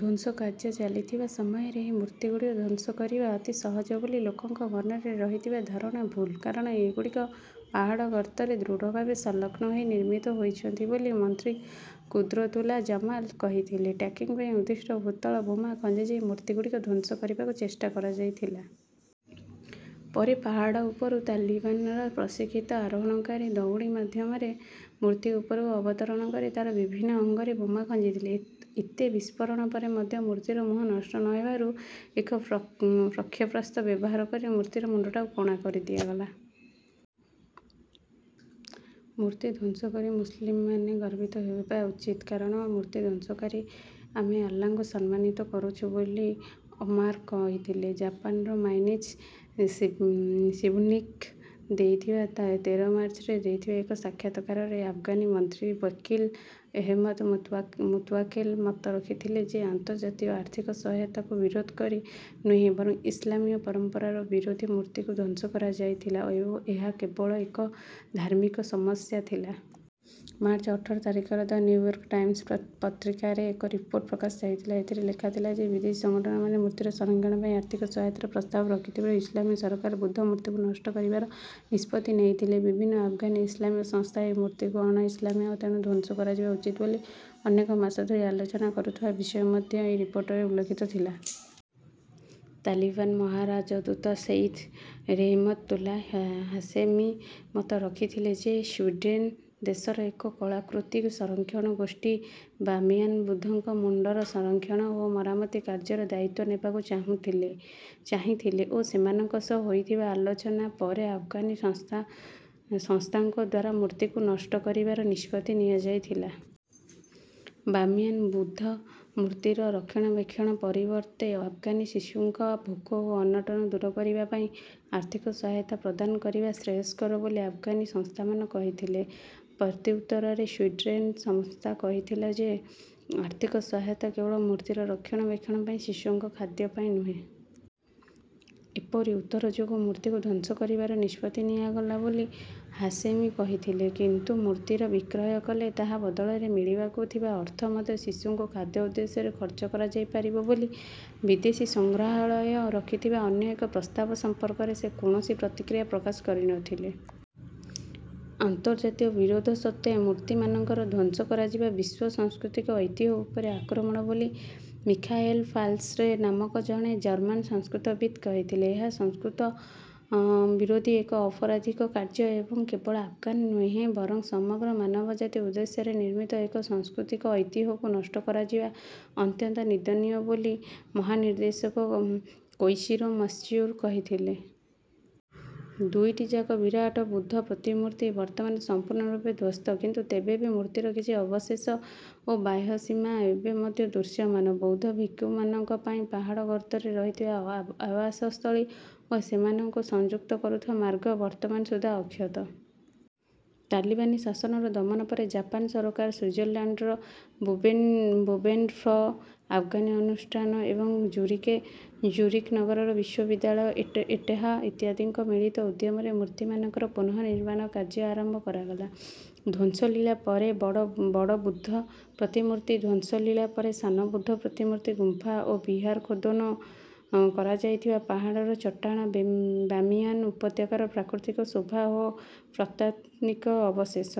ଧ୍ୱଂସ କାର୍ଯ୍ୟ ଚାଲିଥିବା ସମୟରେ ଏହି ମୂର୍ତ୍ତିଗୁଡ଼ିକୁ ଧ୍ୱଂସ କରିବା ଅତି ସହଜ ବୋଲି ଲୋକଙ୍କ ମନରେ ରହିଥିବା ଧାରଣା ଭୁଲ, କାରଣ ଏଗୁଡ଼ିକ ପାହାଡ଼ ଗର୍ତ୍ତରେ ଦୃଢ଼ ଭାବେ ସଂଲଗ୍ନ ହୋଇ ନିର୍ମିତ ହୋଇଛନ୍ତି ବୋଲି ମନ୍ତ୍ରୀ କୁଦ୍ରତୁଲ୍ଲା ଜମାଲ୍ କହିଥିଲେ। ଟ୍ୟାଂକ୍ ପାଇଁ ଉଦ୍ଦିଷ୍ଟ ଭୂତଳ ବୋମା ଖଞ୍ଜାଯାଇ ମୂର୍ତ୍ତିଗୁଡ଼ିକୁ ଧ୍ୱଂସ କରିବାକୁ ଚେଷ୍ଟା କରାଯାଇଥିଲା। ପରେ ପାହାଡ଼ ଉପରୁ ତାଲିବାନର ପ୍ରଶିକ୍ଷିତ ଆରୋହଣକାରୀ ଦଉଡ଼ି ମାଧ୍ୟମରେ ମୂର୍ତ୍ତି ଉପରକୁ ଅବତରଣ କରି ତାହାର ବିଭିନ୍ନ ଅଙ୍ଗରେ ବୋମା ଖଞ୍ଜିଥିଲେ। ଏତେ ବିସ୍ଫୋରଣ ପରେ ମଧ୍ୟ ମୂର୍ତ୍ତିର ମୁହଁ ନଷ୍ଟ ନ ହେବାରୁ ଏକ ପ୍ରକ୍ଷେପାସ୍ତ୍ର ବ୍ୟବହାର କରି ମୂର୍ତ୍ତିର ମୁଣ୍ଡଟିକୁ କଣା କରିଦିଆଗଲା। ମୂର୍ତ୍ତି ଧ୍ୱଂସ କରି ମୁସ୍ଲିମ୍ମାନେ ଗର୍ବିତ ହେବା ଉଚିତ୍ କାରଣ ମୂର୍ତ୍ତି ଧ୍ୱଂସକରି ଆମେ ଅଲ୍ଲାଙ୍କୁ ସମ୍ମାନିତ କରିଛୁ ବୋଲି ଓମାର୍ କହିଥିଲେ। ଜାପାନର ମାଇନିଚି ଶିଂବୁନ୍ଙ୍କୁ ଦେଇଥିବା ତେର ମାର୍ଚ୍ଚରେ ଦେଇଥିବା ଏକ ସାକ୍ଷାତକାରରେ ଆଫଗାନ ମନ୍ତ୍ରୀ ୱକିଲ୍ ଅହମଦ୍ ମୁତାୱକେଲ୍ ମତ ରଖିଥିଲେ ଯେ ଅନ୍ତର୍ଜାତୀୟ ଆର୍ଥିକ ସହାୟତାକୁ ବିରୋଧ କରି ନୁହେଁ ବରଂ ଇସ୍ଲାମୀୟ ପରମ୍ପରାର ବିରୋଧୀ ମୂର୍ତ୍ତିକୁ ଧ୍ୱଂସ କରାଯାଇଥିଲା ଓ ଏହା କେବଳ ଏକ ଧାର୍ମିକ ସମସ୍ୟା ଥିଲା। ମାର୍ଚ୍ଚ ଅଠର ତାରିଖରେ ଦ ନ୍ୟୁୟର୍କ୍ ଟାଇମ୍ସ ପତ୍ରିକାରେ ଏକ ରିପୋର୍ଟ ପ୍ରକାଶ ପାଇଥିଲା। ଏଥିରେ ଲେଖାଥିଲା ଯେ ବିଦେଶୀ ସଂଗଠନମାନେ ମୂର୍ତ୍ତିର ସଂରକ୍ଷଣ ପାଇଁ ଆର୍ଥିକ ସହାୟତାର ପ୍ରସ୍ତାବ ରଖିଥିବାରୁ ଇସ୍ଲାମୀୟ ସରକାର ବୁଦ୍ଧ ମୂର୍ତ୍ତିକୁ ନଷ୍ଟ କରିବାର ନିଷ୍ପତ୍ତି ନେଇଥିଲେ। ବିଭିନ୍ନ ଆଫଗାନି ଇସ୍ଲାମୀୟ ସଂସ୍ଥା ଏହି ମୂର୍ତ୍ତିକୁ ଅଣ-ଇସ୍ଲାମୀୟ ଓ ତେଣୁ ଧ୍ୱଂସ କରାଯିବା ଉଚିତ ବୋଲି ଅନେକ ମାସ ଧରି ଆଲୋଚନା କରୁଥିବା ବିଷୟ ମଧ୍ୟ ଏହି ରିପୋର୍ଟରେ ଉଲ୍ଲିଖିତ ଥିଲା। ତାଲିବାନ୍ ମହାରାଜଦୂତ ସୈଦ ରହମତୁଲ୍ଲା ହାଶେମି ମତ ରଖିଥିଲେ ଯେ ସ୍ୱିଡେନ୍ ଦେଶର ଏକ କଳାକୃତି ସଂରକ୍ଷଣ ଗୋଷ୍ଠୀ ବାମିୟାନ୍ ବୁଦ୍ଧଙ୍କ ମୁଣ୍ଡର ସଂରକ୍ଷଣ ଓ ମରାମତି କାର୍ଯ୍ୟର ଦାୟିତ୍ତ୍ୱ ନେବାକୁ ଚାହିଁଥିଲେ ଓ ସେମାନଙ୍କ ସହ ହୋଇଥିବା ଆଲୋଚନା ପରେ ଆଫଗାନି ସଂସ୍ଥାଙ୍କଦ୍ୱାରା ମୂର୍ତ୍ତିକୁ ନଷ୍ଟ କରିବାର ନିଷ୍ପତ୍ତି ନିଆଯାଇଥିଲା। ବାମିୟାନ୍ ବୁଦ୍ଧ ମୂର୍ତ୍ତିର ରକ୍ଷଣାବେକ୍ଷଣ ପରିବର୍ତ୍ତେ ଆଫଗାନି ଶିଶୁଙ୍କ ଭୋକ ଓ ଅନଟନ ଦୂର କରିବା ପାଇଁ ଆର୍ଥିକ ସହାୟତା ପ୍ରଦାନ କରିବା ଶ୍ରେୟସ୍କର ବୋଲି ଆଫଗାନି ସଂସ୍ଥାମାନେ କହିଥିଲେ। ପ୍ରତ୍ୟୁତ୍ତରରେ ସ୍ୱିଡେନ୍ର ସଂସ୍ଥା କହିଥିଲା ଯେ ଆର୍ଥିକ ସହାୟତା କେବଳ ମୂର୍ତ୍ତିର ରକ୍ଷଣାବେକ୍ଷଣ ପାଇଁ, ଶିଶୁଙ୍କ ଖାଦ୍ୟ ପାଇଁ ନୁହେଁ। ଏପରି ଉତ୍ତର ଯୋଗୁଁ ମୂର୍ତ୍ତିକୁ ଧ୍ୱଂସ କରିବାର ନିଷ୍ପତ୍ତି ନିଆଗଲା ବୋଲି ହାଶେମି କହିଥିଲେ। କିନ୍ତୁ ମୂର୍ତ୍ତିର ବିକ୍ରୟ କଲେ ତାହା ବଦଳରେ ମିଳିବାକୁ ଥିବା ଅର୍ଥ ମଧ୍ୟ ଶିଶୁଙ୍କ ଖାଦ୍ୟ ଉଦ୍ଦେଶ୍ୟରେ ଖର୍ଚ୍ଚ କରାଯାଇପାରିବ ବୋଲି ବିଦେଶୀ ସଂଗ୍ରହାଳୟ ରଖିଥିବା ଅନ୍ୟ ଏକ ପ୍ରସ୍ତାବ ସମ୍ପର୍କରେ ସେ କୌଣସି ପ୍ରତିକ୍ରିୟା ପ୍ରକାଶ କରିନଥିଲେ। ଅନ୍ତର୍ଜାତୀୟ ବିରୋଧ ସତ୍ତ୍ୱେ ମୂର୍ତ୍ତିମାନଙ୍କ ଧ୍ୱଂସ କରାଯିବା ବିଶ୍ୱ ସାଂସ୍କୃତିକ ଐତିହ୍ୟ ଉପରେ ଆକ୍ରମଣ ବୋଲି ମିଖାଏଲ୍ ଫାଲ୍ସର୍ ନାମକ ଜଣେ ଜର୍ମାନ ସଂସ୍କୃତିବିତ୍ କହିଥିଲେ। ଏହା ସଂସ୍କୃତି ବିରୋଧୀ ଏକ ଅପରାଧିକ କାର୍ଯ୍ୟ ଏବଂ କେବଳ ଆଫଗାନ ନୁହେଁ ବରଂ ସମଗ୍ର ମାନବ ଜାତି ଉଦ୍ଦେଶ୍ୟରେ ନିର୍ମିତ ଏକ ସାଂସ୍କୃତିକ ଐତିହ୍ୟକୁ ନଷ୍ଟ କରାଯିବା ଅତ୍ୟନ୍ତ ନିନ୍ଦନୀୟ ବୋଲି ମହାନିର୍ଦ୍ଦେଶକ କୋଇଶିରୋ ମାତ୍ସୁରା କହିଥିଲେ। ଦୁଇଟି ଯାକ ବିରାଟ ବୁଦ୍ଧ ପ୍ରତିମୂର୍ତ୍ତି ବର୍ତ୍ତମାନ ସମ୍ପୂର୍ଣ୍ଣ ରୂପେ ଧ୍ୱସ୍ତ କିନ୍ତୁ ତେବେ ବି ମୂର୍ତ୍ତିର କିଛି ଅବଶେଷ ଓ ବାହ୍ୟ ସୀମା ଏବେ ମଧ୍ୟ ଦୃଶ୍ୟମାନ। ବୌଦ୍ଧ ଭିକ୍ଷୁମାନଙ୍କ ପାଇଁ ପାହାଡ଼ ଗର୍ତ୍ତରେ ରହିଥିବା ଆବାସ ସ୍ଥଳୀ ଓ ସେମାନଙ୍କୁ ସଂଯୁକ୍ତ କରୁଥିବା ମାର୍ଗ ବର୍ତ୍ତମାନ ସୁଦ୍ଧା ଅକ୍ଷତ। ତାଲିବାନ୍ ଶାସନର ଦମନ ପରେ ଜାପାନ ସରକାର, ସ୍ୱିଜରଲ୍ୟାଣ୍ଡର ବୁବେନ୍ଡର୍ଫ୍ ଆଫଗାନି ଅନୁଷ୍ଠାନ ଏବଂ ଜୁରିକ୍ ନଗରର ବିଶ୍ୱବିଦ୍ୟାଳୟ ଏଟେହା ଇତ୍ୟାଦିଙ୍କ ମିଳିତ ଉଦ୍ୟମରେ ମୂର୍ତ୍ତିମାନଙ୍କ ପୁନଃନିର୍ମାଣ କାର୍ଯ୍ୟ ଆରମ୍ଭ କରାଗଲା। ଧ୍ୱଂସ ଲୀଳା ପରେ ବଡ଼ ବୁଦ୍ଧ ପ୍ରତିମୂର୍ତ୍ତି ଧ୍ୱଂସ ଲୀଳା ପରେ ସାନ ବୁଦ୍ଧ ପ୍ରତିମୂର୍ତ୍ତି ଗୁମ୍ଫା ଓ ବିହାର ଖୋଦନ କରାଯାଇଥିବା ପାହାଡ଼ର ଚଟ୍ଟାଣ ବାମିୟାନ୍ ଉପତ୍ୟକାର ପ୍ରାକୃତିକ ଶୋଭା ଓ ପ୍ରତ୍ନତାତ୍ତ୍ୱିକ ଅବଶେଷ।